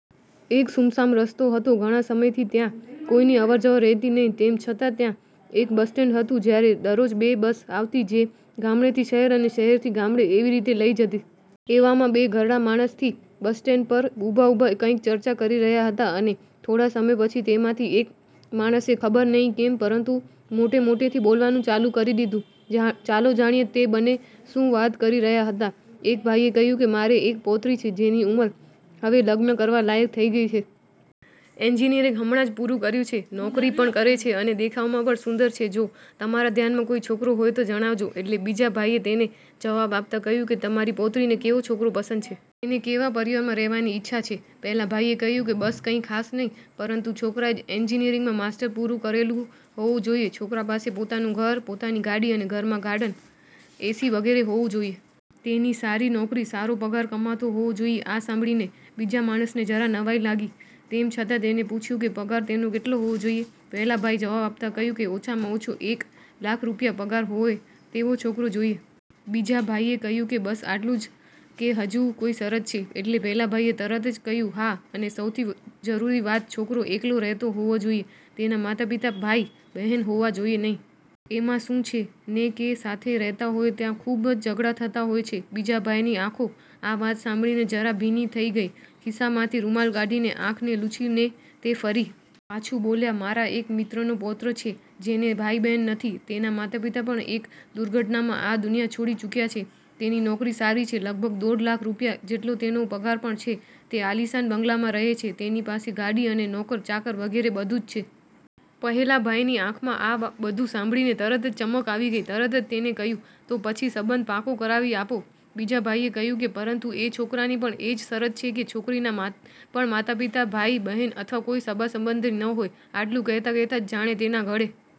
એક સુમસાન રસ્તો હતો. ઘણા સમયથી ત્યાં કોઈની અવરજવર રહેતી નહીં, તેમ છતાં ત્યાં એક બસ સ્ટેન્ડ હતું જ્યાં દરરોજ બે બસ આવતી જે ગામડે થી શહેર અને શહેરથી ગામડે એવી રીતે લઈ જતી. એવામાં બે ઘરડા માણસ થી બસ સ્ટેન્ડ પર ઉભા ઉભા કંઈક ચર્ચા કરી રહ્યા હતા, અને થોડા સમય પછી તેમાંથી એક માણસે ખબર નહીં કેમ પરંતુ મોટે મોટેથી બોલવાનું ચાલુ કરી દીધું. ચાલો જાણીએ તે બંને શું વાત કરી રહ્યા હતા, એક ભાઈએ કહ્યું કે મારૅ એક પૌત્રી છે, જેની ઉંમર હવે લગ્ન કરવા લાયક થઇ ગઇ છે. એન્જિનિયરિંગ હમણાં જ પૂરું કર્યું છે, નોકરી પણ કરે છે, અને દેખાવમાં પણ સુંદર છે. જો તમારા ધ્યાનમાં કોઈ છોકરો હોય તો જણાવજો. એટલે બીજા ભાઈએ તેને જવાબ આપતા કહ્યું કે તમારી પૌત્રીને કેવો છોકરો પસંદ છે? તેને કેવા પરિવારમાં રહેવાની ઈચ્છા છે? પહેલા ભાઈએ કહ્યું બસ કંઇ ખાસ નહીં પરંતુ છોકરાએ એન્જિનિયરિંગમાં માસ્ટર પૂરું કરેલું હોવું જોઈએ, છોકરા પાસે પોતાનું ઘર, પોતાની ગાડી અને ઘરમાં ગાર્ડન, એસી વગેરે હોવું જોઈએ. તેની સારી નોકરી, સારો પગાર કમાતો હોવો જોઈએ. આ સાંભળીને બીજા માણસને જરા નવાઈ લાગી તેમ છતાં તેને પૂછ્યું કે પગાર તેનો કેટલો હોવો જોઈએ? પહેલા ભાઈ જવાબ આપતા કહ્યું કે ઓછામાં ઓછો એક લાખ રૂપિયા પગાર હોય તેવો છોકરો જોઈએ છે. બીજા ભાઈએ કહ્યું કે બસ આટલું જ કે હજુ કોઈ શરત છે? એટલે પેલા ભાઇએ તરત જ કહ્યું હા અને સૌથી જરૂરી વાત છોકરો એકલો રહેતો હોવો જોઈએ, તેના માતા-પિતા, ભાઈ બહેન હોવા જોઇએ નહીં. એમાં શું છે ને કે સાથે રહેતા હોય ત્યાં ખૂબ જ ઝઘડા થતા હોય છે. બીજા ભાઈની આંખો આ વાત સાંભળીને જરા ભીની થઈ ગઈ, ખિસ્સામાંથી રૂમાલ કાઢીને આંખને લૂછી ને તે ફરી પાછું બોલ્યા મારા એક મિત્રનો પૌત્ર છે જેને ભાઈ બહેન નથી, તેના માતા-પિતા પણ એક દુર્ઘટનામાં આ દુનિયા છોડી ચૂક્યા છે, તેની નોકરી સારી છે, લગભગ દોઢ લાખ રૂપિયા જેટલો તેનો પગાર પણ છે, તે આલીશાન બંગલામાં રહે છે તેની પાસે ગાડી અને નોકર ચાકર વગેરે બધું જ છે. પહેલા ભાઈ ની આંખમાં આ બધું સાંભળીને તરત જ ચમક આવી ગઈ, તરત જ તેને કહ્યું તો પછી સંબંધ પાકો કરાવી આપો. બીજા ભાઈએ કહ્યું કે પરંતુ એ છોકરાની પણ એ જ શરત છે કે છોકરીના પણ માતા-પિતા, ભાઈ બહેન અથવા કોઈ સગા સંબંધી ન હોય. આટલું કહેતાં કહેતાં જ જાણે તેના ગળે